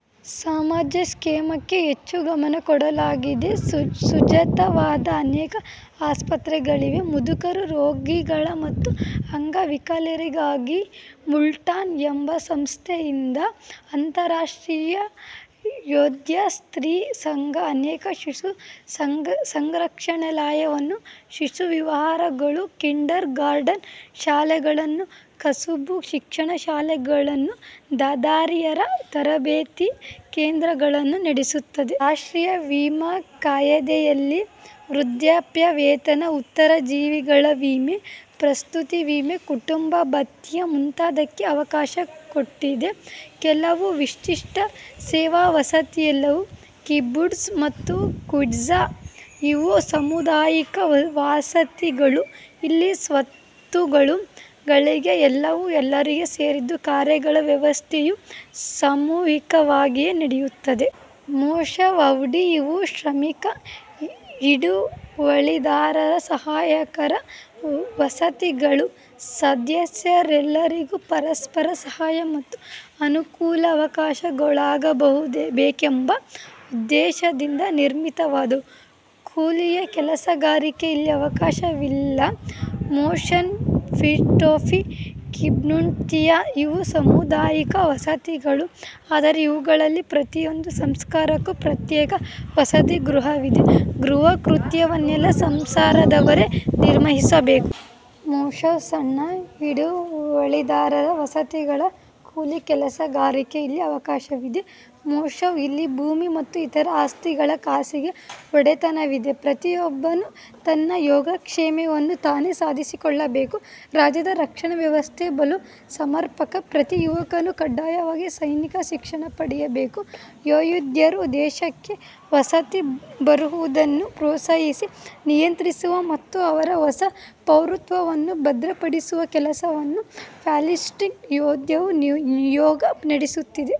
ಸಮಾಜ ಕ್ಷೇಮಕ್ಕೆ ಹೆಚ್ಚು ಗಮನ ಕೊಡಲಾಗಿದೆ. ಸುಸಜ್ಜಿತವಾದ ಅನೇಕ ಆಸ್ಪತ್ರೆಗಳಿವೆ. ಮುದುಕರು, ರೋಗಿಗಳು ಮತ್ತು ಅಂಗವಿಕಲರಿಗಾಗಿ ಮುಲ್ಟಾನ್ ಎಂಬ ಸಂಸ್ಥೆಯಿದೆ. ಅಂತರರಾಷ್ಟ್ರೀಯ ಯೆಹೂದ್ಯ ಸ್ತ್ರೀ ಸಂಘ ಅನೇಕ ಶಿಶು ಸಂರಕ್ಷಣಾಲಯಗಳನ್ನೂ ಶಿಶುವಿಹಾರಗಳನ್ನೂ ಕಿಂಡರ್ ಗಾರ್ಟನ್ ಶಾಲೆಗಳನ್ನೂ ಕಸಬು ಶಿಕ್ಷಣ ಶಾಲೆಗಳನ್ನೂ ದಾದಿಯರ ತರಬೇತಿ ಕೇಂದ್ರಗಳನ್ನೂ ನಡೆಸುತ್ತದೆ. ರಾಷ್ಟ್ರೀಯ ವಿಮಾ ಕಾಯಿದೆಯಲ್ಲಿ ವೃದ್ಧಾಪ್ಯ ವೇತನ, ಉತ್ತರಜೀವಿಗಳ ವಿಮೆ, ಪ್ರಸೂತಿ ವಿಮೆ. ಕುಟುಂಬ ಭತ್ಯೆ ಮುಂತಾದವಕ್ಕೆ ಅವಕಾಶ ಕೊಟ್ಟಿದೆ. ಕೆಲವು ವಿಶಿಷ್ಟ ಸೇವಾವಸತಿಗಳಿವು: ಕಿಬುಟ್ಜ್ ಮತ್ತು ಕ್ವುಟ್ಜ. ಇವು ಸಾಮುದಾಯಿಕ ವಸತಿಗಳು. ಇಲ್ಲಿ ಸ್ವತ್ತು, ಗಳಿಕೆ ಎಲ್ಲವೂ ಎಲ್ಲರಿಗೂ ಸೇರಿದ್ದು ಕಾರ್ಯಗಳ ವ್ಯವಸ್ಥೆಯೂ ಸಾಮೂಹಿಕವಾಗಿಯೇ ನಡೆಯುತ್ತದೆ. ಮೋಷಾವ್ ಆವ್ಡಿಂ. ಇವು ಶ್ರಮಿಕ ಹಿಡುವಳಿದಾರರ ಸಹಕಾರ ವಸತಿಗಳು; ಸದಸ್ಯರೆಲ್ಲರಿಗೂ ಪರಸ್ಪರ ಸಹಾಯ ಮತ್ತು ಅನುಕೂಲಾವಕಾಶಗಳೊದಗಬೇಕೆಂಬ ಉದ್ದೇಶದಿಂದ ನಿರ್ಮಿತವಾದವು. ಕೂಲಿಯ ಕೆಲಸಗಾರರಿಗೆ ಇಲ್ಲಿ ಅವಕಾಶವಿಲ್ಲ. ಮೋಷಾವ್ ಷಿಟೂಫಿ; ಕಿಬುಟ್ಜ್ನಂತೆಯೇ ಇವೂ ಸಾಮುದಾಯಿಕ ವಸತಿಗಳು. ಆದರೆ ಇವುಗಳಲ್ಲಿ ಪ್ರತಿಯೊಂದು ಸಂಸಾರಕ್ಕೂ ಪ್ರತ್ಯೇಕ ವಸತಿಗೃಹವಿದೆ; ಗೃಹಕೃತ್ಯವನ್ನೆಲ್ಲ ಸಂಸಾರದವರೇ ನಿರ್ವಹಿಸಬೇಕು. ಮೋಷಾವ್: ಸಣ್ಣ ಹಿಡುವಳಿದಾರರ ವಸತಿಗಳು. ಕೂಲಿ ಕೆಲಸಗಾರರಿಗೆ ಇಲ್ಲಿ ಅವಕಾಶವಿದೆ. ಮೋಷಾವ: ಇಲ್ಲಿ ಭೂಮಿ ಮತ್ತು ಇತರ ಆಸ್ತಿಗಳ ಖಾಸಗಿ ಒಡೆತನವಿದೆ. ಪ್ರತಿಯೊಬ್ಬನೂ ತನ್ನ ಯೋಗಕ್ಷೇಮವನ್ನು ತಾನೇ ಸಾಧಿಸಿಕೊಳ್ಳಬೇಕು. ರಾಜ್ಯದ ರಕ್ಷಣಾ ವ್ಯವಸ್ಥೆ ಬಲು ಸಮರ್ಪಕ. ಪ್ರತಿ ಯುವಕನೂ ಕಡ್ಡಾಯವಾಗಿ ಸೈನಿಕ ಶಿಕ್ಷಣ ಪಡೆಯಬೇಕು. ಯೆಹೂದ್ಯರು ದೇಶಕ್ಕೆ ವಲಸೆ ಬರುವುದನ್ನು ಪ್ರೋತ್ಸಾಹಿಸಿ ನಿಯಂತ್ರಿಸುವ ಮತ್ತು ಅವರ ಹೊಸ ಪೌರತ್ವವನ್ನು ಭದ್ರಪಡಿಸುವ ಕೆಲಸವನ್ನು ಪ್ಯಾಲಿಸ್ಟೈನ್ ಯೆಹೂದ್ಯ ನಿಯೋಗ ನಡೆಸುತ್ತಿದೆ.